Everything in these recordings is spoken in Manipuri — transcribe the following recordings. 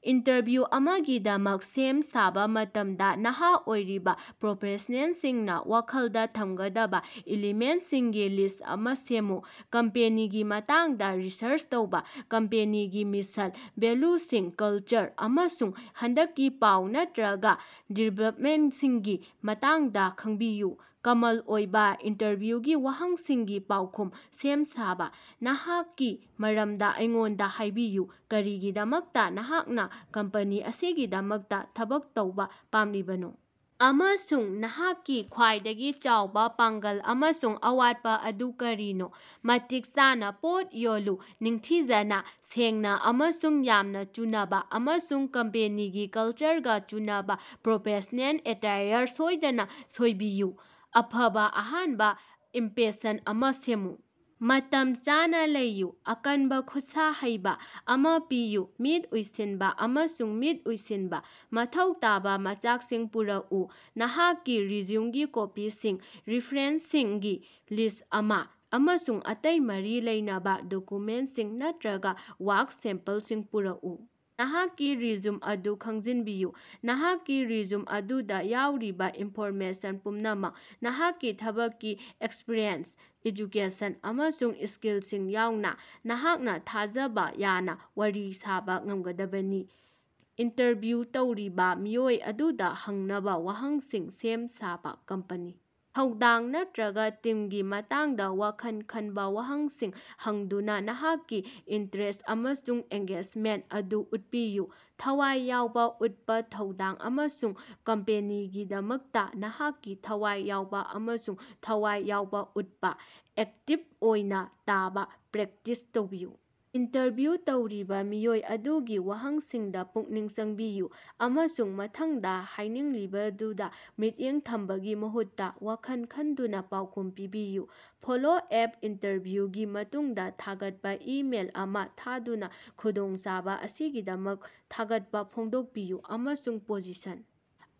ꯏꯟꯇꯔꯚ꯭ꯌꯨ ꯑꯃꯒꯤꯗꯃꯛ ꯁꯦꯝ-ꯁꯥꯕ ꯃꯇꯝꯗ ꯅꯍꯥ ꯑꯣꯏꯔꯤꯕ ꯄ꯭ꯔꯣꯐꯦꯁꯅꯦꯜꯁꯤꯡꯅ ꯋꯥꯈꯜꯗ ꯊꯝꯒꯗꯕ ꯏꯂꯤꯃꯦꯟꯇꯁꯤꯡꯒꯤ ꯂꯤꯁ꯭ꯠ ꯑꯃ ꯁꯦꯝꯃꯨ꯫ ꯀꯝꯄꯦꯅꯤꯒꯤ ꯃꯇꯥꯡꯗ ꯔꯤꯁꯔꯆ ꯇꯧꯕ - ꯀꯝꯄꯦꯅꯤꯒꯤ ꯃꯤꯁꯟ, ꯚꯦꯂ꯭ꯌꯨꯁꯤꯡ, ꯀꯜꯆꯔ, ꯑꯃꯁꯨꯡ ꯍꯟꯗꯛꯀꯤ ꯄꯥꯎ ꯅꯠꯇ ꯭ꯔꯒ ꯗꯤꯕꯦꯂꯞꯃꯦꯟꯇꯁꯤꯡꯒꯤ ꯃꯇꯥꯡꯗ ꯈꯡꯕꯤꯌꯨ꯫ ꯀꯃꯟ ꯑꯣꯏꯕ ꯏꯟꯇꯔꯚ꯭ꯌꯨꯒꯤ ꯋꯥꯍꯪꯁꯤꯡꯒꯤ ꯄꯥꯎꯈꯨꯝ ꯁꯦꯝ-ꯁꯥꯕ - ꯅꯍꯥꯛꯀꯤ ꯃꯔꯝꯗ ꯑꯩꯉꯣꯟꯗ ꯍꯥꯏꯕꯤꯌꯨ, ꯀꯔꯤꯒꯤꯗꯃꯛꯇ ꯅꯍꯥꯛꯅ ꯀꯝꯄꯅꯤ ꯑꯁꯤꯒꯤꯗꯃꯛꯇ ꯊꯕꯛ ꯇꯧꯕ ꯄꯥꯝꯂꯤꯕꯅꯣ?, ꯑꯃꯁꯨꯡ ꯅꯍꯥꯛꯀꯤ ꯈ꯭ꯋꯥꯏꯗꯒꯤ ꯆꯥꯎꯕ ꯄꯥꯡꯒꯜ ꯑꯃꯁꯨꯡ ꯑꯋꯥꯠꯄ ꯑꯗꯨ ꯀꯔꯤꯅꯣ? ꯃꯇꯤꯛ ꯆꯥꯅ ꯄꯣꯠ ꯌꯣꯜꯂꯨ- ꯅꯤꯡꯊꯤꯖꯅ, ꯁꯦꯡꯅ ꯑꯃꯁꯨꯡ ꯌꯥꯝꯅ ꯆꯨꯅꯕ, ꯑꯃꯁꯨꯡ ꯀꯝꯄꯦꯅꯤꯒꯤ ꯀꯜꯆꯔꯒ ꯆꯨꯅꯕ ꯄ꯭ꯔꯣꯐꯦꯁ꯭ꯅꯦꯜ ꯑꯦꯇꯦꯌꯔ ꯁꯣꯏꯗꯅ ꯁꯣꯏꯕꯤꯌꯨ꯫ ꯑꯐꯕ ꯑꯍꯥꯟꯕ ꯏꯝꯄꯦꯁꯟ ꯑꯃ ꯁꯦꯝꯃꯨ - ꯃꯇꯝ ꯆꯥꯅ ꯂꯩꯌꯨ, ꯑꯀꯟꯕ ꯈꯨꯠꯁꯥ ꯍꯩꯕ ꯑꯃ ꯄꯤꯌꯨ, ꯃꯤꯠ ꯎꯏꯁꯤꯟꯕ ꯑꯃꯁꯨꯡ ꯃꯤꯠ ꯎꯏꯁꯤꯟꯕ꯫ ꯃꯊꯧ ꯇꯥꯕ ꯃꯆꯥꯛꯁꯤꯡ ꯄꯨꯔꯛꯎ - ꯅꯍꯥꯛꯀꯤ ꯔꯤꯖ꯭ꯌꯨꯝꯒꯤ ꯀꯣꯄꯤꯁꯤꯡ, ꯔꯤꯐꯔꯦꯟꯁꯁꯤꯡꯒꯤ ꯂꯤꯁ꯭ꯠ ꯑꯃ, ꯑꯃꯁꯨꯡ ꯑꯇꯩ ꯃꯔꯤ ꯂꯩꯅꯕ ꯗꯣꯀ꯭ꯌꯨꯃꯦꯟꯇꯁꯤꯡ ꯅꯠꯇ꯭ꯔꯒ ꯋꯥꯔꯛ ꯁꯦꯝꯄꯜꯁꯤꯡ ꯄꯨꯔꯛꯎ꯫ ꯅꯍꯥꯛꯀꯤ ꯔꯤꯖ꯭ꯌꯨꯝ ꯑꯗꯨ ꯈꯪꯖꯤꯟꯕꯤꯌꯨ - ꯅꯍꯥꯛꯀꯤ ꯔꯤꯖ꯭ꯌꯨꯝ ꯑꯗꯨꯗ ꯌꯥꯎꯔꯤꯕ ꯏꯟꯐꯣꯔꯃꯦꯁꯟ ꯄꯨꯝꯅꯃꯛ, ꯅꯍꯥꯛꯀꯤ ꯊꯕꯛꯀꯤ ꯑꯦꯛꯁꯄꯤꯔꯤꯑꯦꯟꯁ, ꯑꯦꯖꯨꯀꯦꯁꯟ, ꯑꯃꯁꯨꯡ ꯁ꯭ꯀꯤꯜꯁꯤꯡ ꯌꯥꯎꯅ, ꯅꯍꯥꯛꯅ ꯊꯥꯖꯕ ꯌꯥꯅ ꯋꯥꯔꯤ ꯁꯥꯕ ꯉꯝꯒꯗꯕꯅꯤ꯫ ꯏꯟꯇꯔꯚ꯭ꯌꯨ ꯇꯧꯔꯤꯕ ꯃꯤꯑꯣꯏ ꯑꯗꯨꯗ ꯍꯪꯅꯕ ꯋꯥꯍꯪꯁꯤꯡ ꯁꯦꯝ-ꯁꯥꯕꯥ - ꯀꯝꯄꯅꯤ, ꯊꯧꯗꯥꯡ ꯅꯠꯇ꯭ꯔꯒ ꯇꯤꯝꯒꯤ ꯃꯇꯥꯡꯗ ꯋꯥꯈꯜ ꯈꯟꯕ ꯋꯥꯍꯪꯁꯤꯡ ꯍꯪꯗꯨꯅ ꯅꯍꯥꯛꯀꯤ ꯏꯟꯇꯔꯦꯁ꯭ꯠ ꯑꯃꯁꯨꯡ ꯑꯦꯡꯒꯦꯖꯃꯦꯟꯇ ꯑꯗꯨ ꯎꯠꯄꯤꯌꯨ꯫ ꯊꯋꯥꯏ ꯌꯥꯎꯕ ꯎꯠꯄ ꯊꯧꯗꯥꯡ ꯑꯃꯁꯨꯡ ꯀꯝꯄꯦꯅꯤꯒꯤꯗꯃꯛꯇ ꯅꯍꯥꯛꯀꯤ ꯊꯋꯥꯏ ꯌꯥꯎꯕ ꯑꯃꯁꯨꯡ ꯊꯋꯥꯏ ꯌꯥꯎꯕ‌ ꯎꯠꯄ - ꯑꯦꯛꯇꯤꯕ ꯑꯣꯏꯅ ꯇꯥꯕ ꯄ꯭ꯔꯦꯛꯇꯤꯁ ꯇꯧꯕꯤꯌꯨ - ꯏꯟꯇꯔꯚ꯭ꯌꯨ ꯇꯧꯔꯤꯕ ꯃꯤꯑꯣꯏ ꯑꯗꯨꯒꯤ ꯋꯥꯍꯪꯁꯤꯡꯗ ꯄꯨꯛꯅꯤꯡ ꯆꯪꯕꯤꯌꯨ ꯑꯃꯁꯨꯡ ꯃꯊꯪꯗ ꯍꯥꯏꯅꯤꯡꯂꯤꯕꯗꯨꯗ ꯃꯤꯠꯌꯦꯡ ꯊꯝꯕꯒꯤ ꯃꯍꯨꯠꯇ ꯋꯥꯈꯜ ꯈꯟꯗꯨꯅ ꯄꯥꯎꯈꯨꯝ ꯄꯤꯕꯤꯌꯨ꯫ ꯐꯣꯂꯣ ꯑꯦꯞ - ꯏꯟꯇꯔꯚ꯭ꯌꯨꯒꯤ ꯃꯇꯨꯡꯗ ꯊꯥꯒꯠꯄ ꯏꯃꯦꯜ ꯑꯃ ꯊꯥꯗꯨꯅ ꯈꯨꯗꯣꯡꯆꯥꯕ ꯑꯁꯤꯒꯤꯗꯃꯛ ꯊꯥꯒꯠꯄ ꯐꯣꯡꯗꯣꯛꯄꯤꯌꯨ ꯑꯃꯁꯨꯡ ꯄꯣꯖꯤꯁꯟ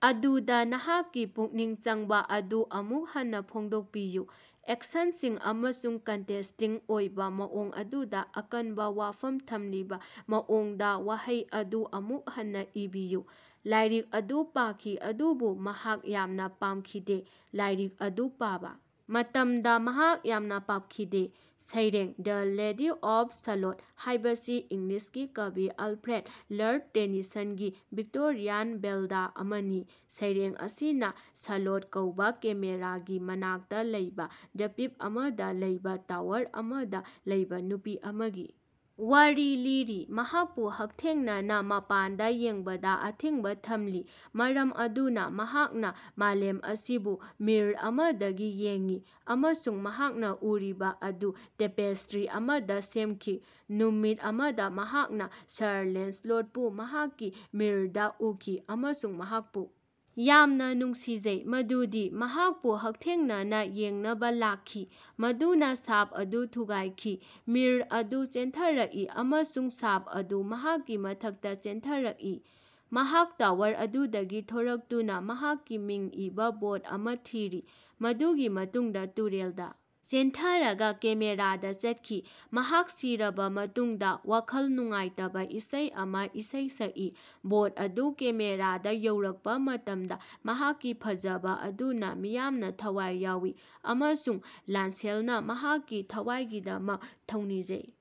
ꯑꯗꯨꯗ ꯅꯍꯥꯛꯀꯤ ꯄꯨꯛꯅꯤꯡ ꯆꯪꯕ ꯑꯗꯨ ꯑꯃꯨꯛ ꯍꯟꯅ ꯐꯣꯡꯗꯣꯛꯄꯤꯌꯨ꯫ ꯑꯦꯛꯁꯟꯁꯤꯡ ꯑꯃꯁꯨꯡ ꯀꯟꯇꯔꯦꯁ꯭ꯇꯤꯡ ꯑꯣꯏꯕ ꯃꯑꯣꯡ ꯑꯗꯨꯗ ꯑꯀꯟꯕ ꯋꯥꯐꯝ ꯊꯝꯂꯤꯕ ꯃꯑꯣꯡꯗ ꯋꯥꯍꯩ ꯑꯗꯨ ꯑꯃꯨꯛ ꯍꯟꯅ ꯏꯕꯤꯌꯨ꯫ ꯂꯥꯏꯔꯤꯛ ꯑꯗꯨ ꯄꯥꯈꯤ ꯑꯗꯨꯕꯨ ꯃꯍꯥꯛ ꯌꯥꯝꯅ ꯄꯥꯝꯈꯤꯗꯦ꯫ ꯂꯥꯏꯔꯤꯛ ꯑꯗꯨ ꯄꯥꯕ ꯃꯇꯝꯗ ꯃꯍꯥꯛ ꯌꯥꯝꯅ ꯄꯥꯞꯈꯤꯗꯦ꯫ ꯁꯩꯔꯦꯡ, ꯗꯤ ꯂꯦꯗꯤ ꯑꯣꯐ ꯁꯥꯂꯣꯠ ꯍꯥꯏꯕꯁꯤ ꯏꯪꯂꯤꯁꯀꯤ ꯀꯕꯤ ꯑꯜꯐ꯭ꯔꯦꯗ, ꯂꯔꯗ ꯇꯦꯅꯤꯁꯟꯒꯤ ꯚꯤꯛꯇꯣꯔꯤꯌꯥꯟ ꯕꯦꯜꯗ ꯑꯃꯅꯤ꯫ ꯁꯩꯔꯦꯡ ꯑꯁꯤꯅ ꯁꯥꯂꯣꯠ ꯀꯧꯕ ꯀꯦꯃꯦꯔꯥꯒꯤ ꯃꯅꯥꯛꯇ ꯂꯩꯕ ꯗ꯭ꯕꯤꯞ ꯑꯃꯗ ꯂꯩꯕ ꯇꯋꯥꯔ ꯑꯃꯗ ꯂꯩꯕ ꯅꯨꯄꯤ ꯑꯃꯒꯤ ꯋꯥꯔꯤ ꯂꯤꯔꯤ꯫ ꯃꯍꯥꯛꯄꯨ ꯍꯛꯊꯦꯡꯅꯅ ꯃꯄꯥꯟꯗ ꯌꯦꯡꯕꯗ ꯑꯊꯤꯡꯕ ꯊꯝꯂꯤ, ꯃꯔꯝ ꯑꯗꯨꯅ ꯃꯍꯥꯛꯅ ꯃꯥꯂꯦꯝ ꯑꯁꯤꯕꯨ ꯃꯤꯔ꯭ꯔ ꯑꯃꯗꯒꯤ ꯌꯦꯡꯏ ꯑꯃꯁꯨꯡ ꯃꯍꯥꯛꯅ ꯎꯔꯤꯕ ꯑꯗꯨ ꯇꯦꯄꯦꯁ꯭ꯇꯔꯤ ꯑꯃꯗ ꯁꯦꯝꯈꯤ꯫ ꯅꯨꯃꯤꯠ ꯑꯃꯗ ꯃꯍꯥꯛꯅ ꯁꯔ ꯂꯦꯟꯁꯂꯣꯠꯄꯨ ꯃꯍꯥꯛꯀꯤ ꯃꯤꯔ꯭ꯔꯗ ꯎꯈꯤ ꯑꯃꯁꯨꯡ ꯃꯍꯥꯛꯄꯨ ꯌꯥꯝꯅ ꯅꯨꯡꯁꯤꯖꯩ ꯃꯗꯨꯗꯤ ꯃꯍꯥꯛꯄꯨ ꯍꯛꯊꯦꯡꯅꯅꯥ ꯌꯦꯡꯅꯕ ꯂꯥꯛꯈꯤ, ꯃꯗꯨꯅ ꯁꯥꯞ ꯑꯗꯨ ꯊꯨꯒꯥꯏꯈꯤ꯫ ꯃꯤꯔ꯭ꯔ ꯑꯗꯨ ꯆꯦꯟꯊꯔꯛꯏ ꯑꯃꯁꯨꯡ ꯁꯥꯞ ꯑꯗꯨ ꯃꯍꯥꯛꯀꯤ ꯃꯊꯛꯇ ꯆꯦꯟꯊꯔꯛꯏ꯫ ꯃꯍꯥꯛ ꯇꯋꯥꯔ ꯑꯗꯨꯗꯒꯤ ꯊꯣꯔꯛꯇꯨꯅ ꯃꯍꯥꯛꯀꯤ ꯃꯤꯡ ꯏꯕꯥ ꯕꯣꯠ ꯑꯃ ꯊꯤꯔꯤ, ꯃꯗꯨꯒꯤ ꯃꯇꯨꯡꯗ ꯇꯨꯔꯦꯜꯗ‌ ꯆꯦꯟꯊꯔꯒ ꯀꯦꯃꯦꯔꯥꯗ ꯆꯠꯈꯤ, ꯃꯍꯥꯛ ꯁꯤꯔꯕ ꯃꯇꯨꯡꯗ ꯋꯥꯈꯜ ꯅꯨꯡꯉꯥꯏꯇꯕ‌ ꯏꯁꯩ ꯑꯃꯥ ꯏꯁꯩ ꯁꯛꯏ꯫ ꯕꯣꯠ ꯑꯗꯨ ꯀꯦꯃꯦꯔꯥꯗ ꯌꯧꯔꯛꯄ ꯃꯇꯝꯗ ꯃꯍꯥꯛꯀꯤ ꯐꯖꯕ ꯑꯗꯨꯅ ꯃꯤꯌꯥꯝꯅ ꯊꯋꯥꯏ ꯌꯥꯎꯏ, ꯑꯃꯁꯨꯡ ꯂꯥꯟꯁꯦꯜꯅ ꯃꯍꯥꯛꯀꯤ ꯊꯋꯥꯏꯒꯤꯗꯃꯛ ꯊꯧꯅꯤꯖꯩ꯫